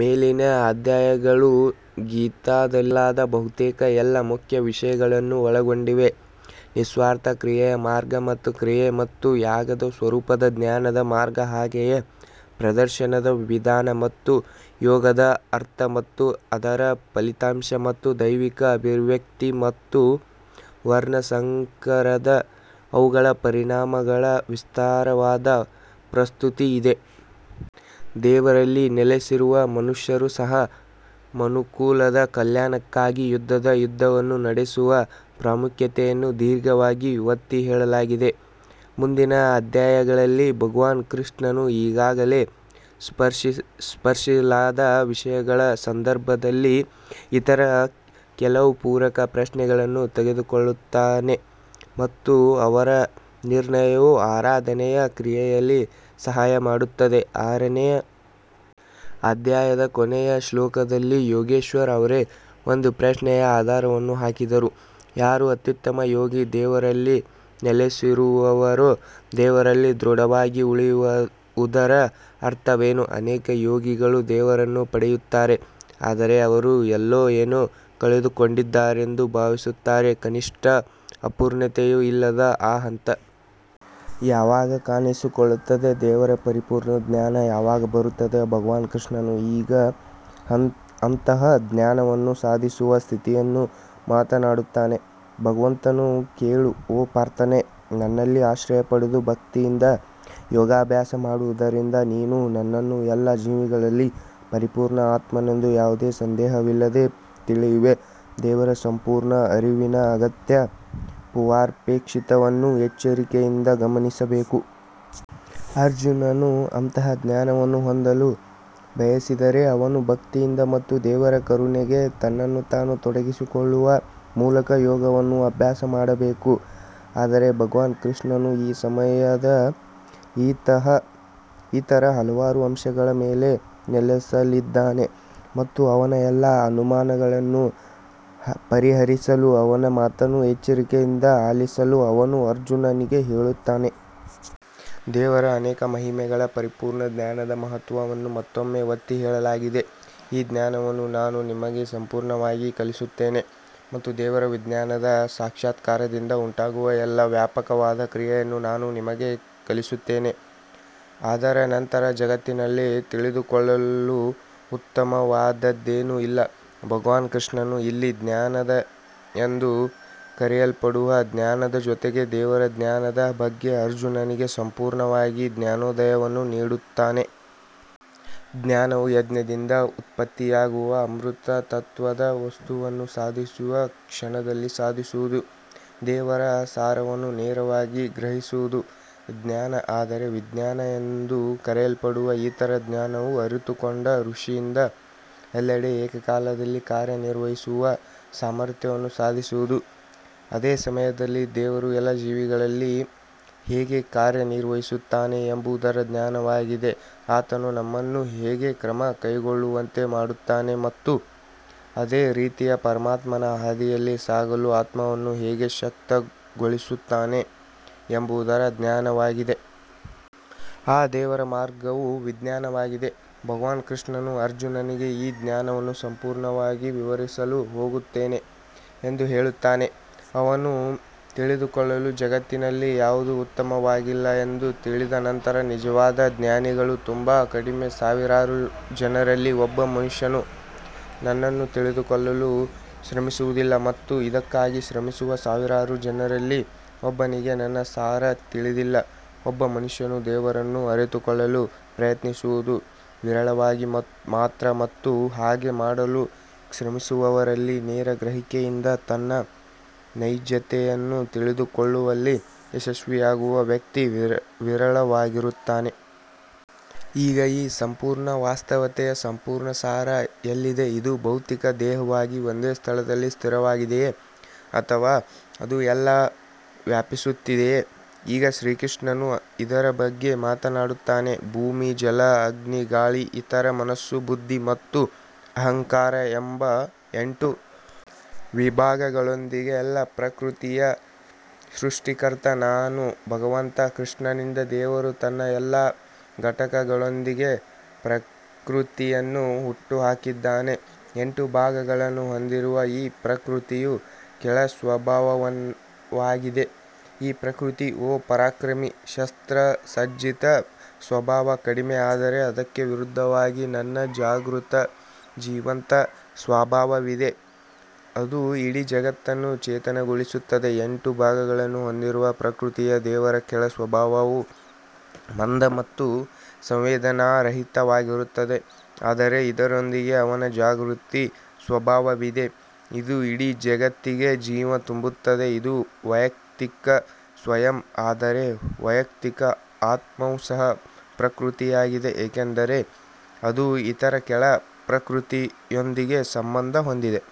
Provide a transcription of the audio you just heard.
ಮೇಲಿನ ಅಧ್ಯಾಯಗಳು ಗೀತಾದಲ್ಲಿ ತರಲಾದ ಬಹುತೇಕ ಎಲ್ಲಾ ಮುಖ್ಯ ವಿಷಯಗಳನ್ನು ಒಳಗೊಂಡಿವೆ ನಿಸ್ವಾರ್ಥ ಕ್ರಿಯೆಯ ಮಾರ್ಗ ಮತ್ತು ಕ್ರಿಯೆ ಮತ್ತು ಯಾಗದ ಸ್ವರೂಪದ ಜ್ಞಾನದ ಮಾರ್ಗ ಹಾಗೆಯೇ ಪ್ರದರ್ಶನದ ವಿಧಾನ ಮತ್ತು ಯೋಗದ ಅರ್ಥ ಮತ್ತು ಅದರ ಫಲಿತಾಂಶ ಮತ್ತು ದೈವಿಕ ಅಭಿವ್ಯಕ್ತಿ ಮತ್ತು ವರ್ಣಸಂಕರದ ಅವುಗಳ ಪರಿಣಾಮಗಳ ವಿಸ್ತಾರವಾದ ಪ್ರಸ್ತುತಿ ಇದೆ. ದೇವರಲ್ಲಿ ನೆಲೆಸಿರುವ ಮನುಷ್ಯರೂ ಸಹ ಮನುಕುಲದ ಕಲ್ಯಾಣಕ್ಕಾಗಿ ಯುದ್ಧದ ಯುದ್ಧವನ್ನು ನಡೆಸುವ ಪ್ರಾಮುಖ್ಯತೆಯನ್ನು ದೀರ್ಘವಾಗಿ ಒತ್ತಿಹೇಳಲಾಗಿದೆ. ಮುಂದಿನ ಅಧ್ಯಾಯಗಳಲ್ಲಿ ಭಗವಾನ್ ಕೃಷ್ಣನು ಈಗಾಗಲೇ ಸ್ಪರ್ಶಿಸಲಾದ ವಿಷಯಗಳ ಸಂದರ್ಭದಲ್ಲಿ ಇತರ ಕೆಲವು ಪೂರಕ ಪ್ರಶ್ನೆಗಳನ್ನು ತೆಗೆದುಕೊಳ್ಳುತ್ತಾನೆ ಮತ್ತು ಅವರ ನಿರ್ಣಯವು ಆರಾಧನೆಯ ಕ್ರಿಯೆಯಲ್ಲಿ ಸಹಾಯ ಮಾಡುತ್ತದೆ ಆರನೇ ಅಧ್ಯಾಯದ ಕೊನೆಯ ಶ್ಲೋಕದಲ್ಲಿ ಯೋಗೇಶ್ವರ್ ಅವರೇ ಒಂದು ಪ್ರಶ್ನೆಯ ಆಧಾರವನ್ನು ಹಾಕಿದರು ಯಾರು ಅತ್ಯುತ್ತಮ ಯೋಗಿ ದೇವರಲ್ಲಿ ನೆಲೆಸಿರುವರೋ ದೇವರಲ್ಲಿ ದೃಢವಾಗಿ ಉಳಿಯುವುದರ ಅರ್ಥವೇನು ಅನೇಕ ಯೋಗಿಗಳು ದೇವರನ್ನು ಪಡೆಯುತ್ತಾರೆ ಆದರೆ ಅವರು ಎಲ್ಲೋ ಏನೋ ಕಳೆದುಕೊಂಡಿದ್ದಾರೆಂದು ಭಾವಿಸುತ್ತಾರೆ ಕನಿಷ್ಠ ಅಪೂರ್ಣತೆಯೂ ಇಲ್ಲದ ಆ ಹಂತ ಯಾವಾಗ ಕಾಣಿಸಿಕೊಳ್ಳುತ್ತದೆ ದೇವರ ಪರಿಪೂರ್ಣ ಜ್ಞಾನ ಯಾವಾಗ ಬರುತ್ತದೆ ಭಗವಾನ್ ಕೃಷ್ಣನು ಈಗ ಅಂತಹ ಜ್ಞಾನವನ್ನು ಸಾಧಿಸುವ ಸ್ಥಿತಿಯನ್ನು ಮಾತನಾಡುತ್ತಾನೆ ಭಗವಂತನು ಕೇಳು ಓ ಪಾರ್ಥನೇ ನನ್ನಲ್ಲಿ ಆಶ್ರಯ ಪಡೆದು ಭಕ್ತಿಯಿಂದ ಯೋಗಾಭ್ಯಾಸ ಮಾಡುವುದರಿಂದ ನೀನು ನನ್ನನ್ನು ಎಲ್ಲಾ ಜೀವಿಗಳಲ್ಲಿ ಪರಿಪೂರ್ಣ ಆತ್ಮನೆಂದು ಯಾವುದೇ ಸಂದೇಹವಿಲ್ಲದೆ ತಿಳಿಯುವೆ ದೇವರ ಸಂಪೂರ್ಣ ಅರಿವಿನ ಅಗತ್ಯ ಪೂರ್ವಾಪೇಕ್ಷಿತವನ್ನು ಎಚ್ಚರಿಕೆಯಿಂದ ಗಮನಿಸಬೇಕು. ಅರ್ಜುನನು ಅಂತಹ ಜ್ಞಾನವನ್ನು ಹೊಂದಲು ಬಯಸಿದರೆ ಅವನು ಭಕ್ತಿಯಿಂದ ಮತ್ತು ದೇವರ ಕರುಣೆಗೆ ತನ್ನನ್ನು ತಾನು ತೊಡಗಿಸಿಕೊಳ್ಳುವ ಮೂಲಕ ಯೋಗವನ್ನು ಅಭ್ಯಾಸ ಮಾಡಬೇಕು. ಆದರೆ ಭಗವಾನ್ ಕೃಷ್ಣನು ಈ ಸಮಸ್ಯೆಯ ಇತರ ಹಲವಾರು ಅಂಶಗಳ ಮೇಲೆ ನೆಲೆಸಲಿದ್ದಾನೆ ಮತ್ತು ಅವನ ಎಲ್ಲಾ ಅನುಮಾನಗಳನ್ನು ಪರಿಹರಿಸಲು ಅವನ ಮಾತನ್ನು ಎಚ್ಚರಿಕೆಯಿಂದ ಆಲಿಸಲು ಅವನು ಅರ್ಜುನನಿಗೆ ಹೇಳುತ್ತಾನೆ. ದೇವರ ಅನೇಕ ಮಹಿಮೆಗಳ ಪರಿಪೂರ್ಣ ಜ್ಞಾನದ ಮಹತ್ವವನ್ನು ಮತ್ತೊಮ್ಮೆ ಒತ್ತಿಹೇಳಲಾಗಿದೆ ಈ ಜ್ಞಾನವನ್ನು ನಾನು ನಿಮಗೆ ಸಂಪೂರ್ಣವಾಗಿ ಕಲಿಸುತ್ತೇನೆ ಮತ್ತು ದೇವರ ವಿಜ್ಞಾನದ ಸಾಕ್ಷಾತ್ಕಾರದಿಂದ ಉಂಟಾಗುವ ಎಲ್ಲಾ ವ್ಯಾಪಕವಾದ ಕ್ರಿಯೆಯನ್ನು ನಾನು ನಿಮಗೆ ಕಲಿಸುತ್ತೇನೆ ಅದರ ನಂತರ ಜಗತ್ತಿನಲ್ಲಿ ತಿಳಿದುಕೊಳ್ಳಲು ಉತ್ತಮವಾದದ್ದೇನೂ ಇಲ್ಲ. ಭಗವಾನ್ ಕೃಷ್ಣನು ಇಲ್ಲಿ ವಿಜ್ಞಾನ ಎಂದು ಕರೆಯಲ್ಪಡುವ ಜ್ಞಾನದ ಜೊತೆಗೆ ದೇವರ ಜ್ಞಾನದ ಬಗ್ಗೆ ಅರ್ಜುನನಿಗೆ ಸಂಪೂರ್ಣವಾಗಿ ಜ್ಞಾನೋದಯವನ್ನು ನೀಡುತ್ತಾನೆ. ಜ್ಞಾನವು ಯಜ್ಞದಿಂದ ಉತ್ಪತ್ತಿಯಾಗುವ ಅಮೃತ ತತ್ವದ ವಸ್ತುವನ್ನು ಸಾಧಿಸುವ ಕ್ಷಣದಲ್ಲಿ ಸಾಧಿಸುವುದು. ದೇವರ ಸಾರವನ್ನು ನೇರವಾಗಿ ಗ್ರಹಿಸುವುದು ಜ್ಞಾನ ಆದರೆ ವಿಜ್ಞಾನ ಎಂದು ಕರೆಯಲ್ಪಡುವ ಇತರ ಜ್ಞಾನವು ಅರಿತುಕೊಂಡ ಋಷಿಯಿಂದ ಎಲ್ಲೆಡೆ ಏಕಕಾಲದಲ್ಲಿ ಕಾರ್ಯನಿರ್ವಹಿಸುವ ಸಾಮರ್ಥ್ಯವನ್ನು ಸಾಧಿಸುವುದು. ಅದೇ ಸಮಯದಲ್ಲಿ ದೇವರು ಎಲ್ಲಾ ಜೀವಿಗಳಲ್ಲಿ ಹೇಗೆ ಕಾರ್ಯನಿರ್ವಹಿಸುತ್ತಾನೆ ಎಂಬುದರ ಜ್ಞಾನವಾಗಿದೆ ಆತನು ನಮ್ಮನ್ನು ಹೇಗೆ ಕ್ರಮ ಕೈಗೊಳ್ಳುವಂತೆ ಮಾಡುತ್ತಾನೆ ಮತ್ತು ಅದೇ ರೀತಿಯ ಪರಮಾತ್ಮನ ಹಾದಿಯಲ್ಲಿ ಸಾಗಲು ಆತ್ಮವನ್ನು ಹೇಗೆ ಶಕ್ತಗೊಳಿಸುತ್ತಾನೆ ಎಂಬುದರ ಜ್ಞಾನವಾಗಿದೆ. ಈ ದೇವರ ಮಾರ್ಗವು ವಿಜ್ಞಾನವಾಗಿದೆ ಭಗವಾನ್ ಕೃಷ್ಣನು ಅರ್ಜುನನಿಗೆ ಈ ಜ್ಞಾನವನ್ನು ಸಂಪೂರ್ಣವಾಗಿ ವಿವರಿಸಲು ಹೋಗುತ್ತೇನೆ ಎಂದು ಹೇಳುತ್ತಾನೆ ಅವನು ತಿಳಿದುಕೊಳ್ಳಲು ಜಗತ್ತಿನಲ್ಲಿ ಯಾವುದೂ ಉತ್ತಮವಾಗಿಲ್ಲ ಎಂದು ತಿಳಿದ ನಂತರ ನಿಜವಾದ ಜ್ಞಾನಿಗಳು ತುಂಬಾ ಕಡಿಮೆ ಸಾವಿರಾರು ಜನರಲ್ಲಿ ಒಬ್ಬ ಮನುಷ್ಯನು ನನ್ನನ್ನು ತಿಳಿದುಕೊಳ್ಳಲು ಶ್ರಮಿಸುವುದಿಲ್ಲ ಮತ್ತು ಇದಕ್ಕಾಗಿ ಶ್ರಮಿಸುವ ಸಾವಿರಾರು ಜನರಲ್ಲಿ ಒಬ್ಬನಿಗೆ ನನ್ನ ಸಾರ ತಿಳಿದಿಲ್ಲ ಒಬ್ಬ ಮನುಷ್ಯನು ದೇವರನ್ನು ಅರಿತುಕೊಳ್ಳಲು ಪ್ರಯತ್ನಿಸುವುದು ವಿರಳವಾಗಿ ಮಾತ್ರ ಮತ್ತು ಹಾಗೆ ಮಾಡಲು ಶ್ರಮಿಸುವವರಲ್ಲಿ ನೇರ ಗ್ರಹಿಕೆಯಿಂದ ತನ್ನ ನೈಜತೆಯನ್ನು ತಿಳಿದುಕೊಳ್ಳುವಲ್ಲಿ ಯಶಸ್ವಿಯಾಗುವ ವ್ಯಕ್ತಿ ವಿರಳವಾಗಿರುತ್ತಾನೆ. ಈಗ ಈ ಸಂಪೂರ್ಣ ವಾಸ್ತವತೆಯ ಸಂಪೂರ್ಣ ಸಾರ ಎಲ್ಲಿದೆ ಇದು ಭೌತಿಕ ದೇಹವಾಗಿ ಒಂದೇ ಸ್ಥಳದಲ್ಲಿ ಸ್ಥಿರವಾಗಿದೆಯೇ ಅಥವಾ ಅದು ಎಲ್ಲಾ ವ್ಯಾಪಿಸುತ್ತಿದೆಯೇ? ಈಗ ಶ್ರೀಕೃಷ್ಣನು ಇದರ ಬಗ್ಗೆ ಮಾತನಾಡುತ್ತಾನೆ ಭೂಮಿ ಜಲ ಅಗ್ನಿ ಗಾಳಿ ಈಥರ್ ಮನಸ್ಸು ಬುದ್ಧಿ ಮತ್ತು ಅಹಂಕಾರ ಎಂಬ ಎಂಟು ವಿಭಾಗಗಳೊಂದಿಗೆ ಎಲ್ಲಾ ಪ್ರಕೃತಿಯ ಸೃಷ್ಟಿಕರ್ತ ನಾನು ಭಗವಂತ ಕೃಷ್ಣನಿಂದ ದೇವರು ತನ್ನ ಎಲ್ಲಾ ಘಟಕಗಳೊಂದಿಗೆ ಪ್ರಕೃತಿಯನ್ನು ಹುಟ್ಟುಹಾಕಿದ್ದಾನೆ ಎಂಟು ಭಾಗಗಳನ್ನು ಹೊಂದಿರುವ ಈ ಪ್ರಕೃತಿಯು ಕೆಳ ಸ್ವಭಾವವಾಗಿದೆ ಈ ಪ್ರಕೃತಿ ಓ ಪರಾಕ್ರಮಿ ಶಸ್ತ್ರಸಜ್ಜಿತ ಸ್ವಭಾವ ಕಡಿಮೆ ಆದರೆ ಅದಕ್ಕೆ ವಿರುದ್ಧವಾಗಿ ನನ್ನ ಜಾಗೃತ ಜೀವಂತ ಸ್ವಭಾವವಿದೆ ಅದು ಇಡೀ ಜಗತ್ತನ್ನು ಚೇತನಗೊಳಿಸುತ್ತದೆ ಎಂಟು ಭಾಗಗಳನ್ನು ಹೊಂದಿರುವ ಪ್ರಕೃತಿಯು ದೇವರ ಕೆಳ ಸ್ವಭಾವವು ಮಂದ ಮತ್ತು ಸಂವೇದನಾರಹಿತವಾಗಿರುತ್ತದೆ ಆದರೆ ಇದರೊಂದಿಗೆ ಅವನ ಜಾಗೃತ ಸ್ವಭಾವವಿದೆ ಅದು ಇಡೀ ಜಗತ್ತಿಗೆ ಜೀವ ತುಂಬುತ್ತದೆ ಇದು ವೈಯಕ್ತಿಕ ಸ್ವಯಂ ಆದರೆ ವೈಯಕ್ತಿಕ ಆತ್ಮವು ಸಹ ಪ್ರಕೃತಿಯಾಗಿದೆ ಏಕೆಂದರೆ ಅದು ಇತರ ಕೆಳ ಪ್ರಕೃತಿಯೊಂದಿಗೆ ಸಂಬಂಧ ಹೊಂದಿದೆ.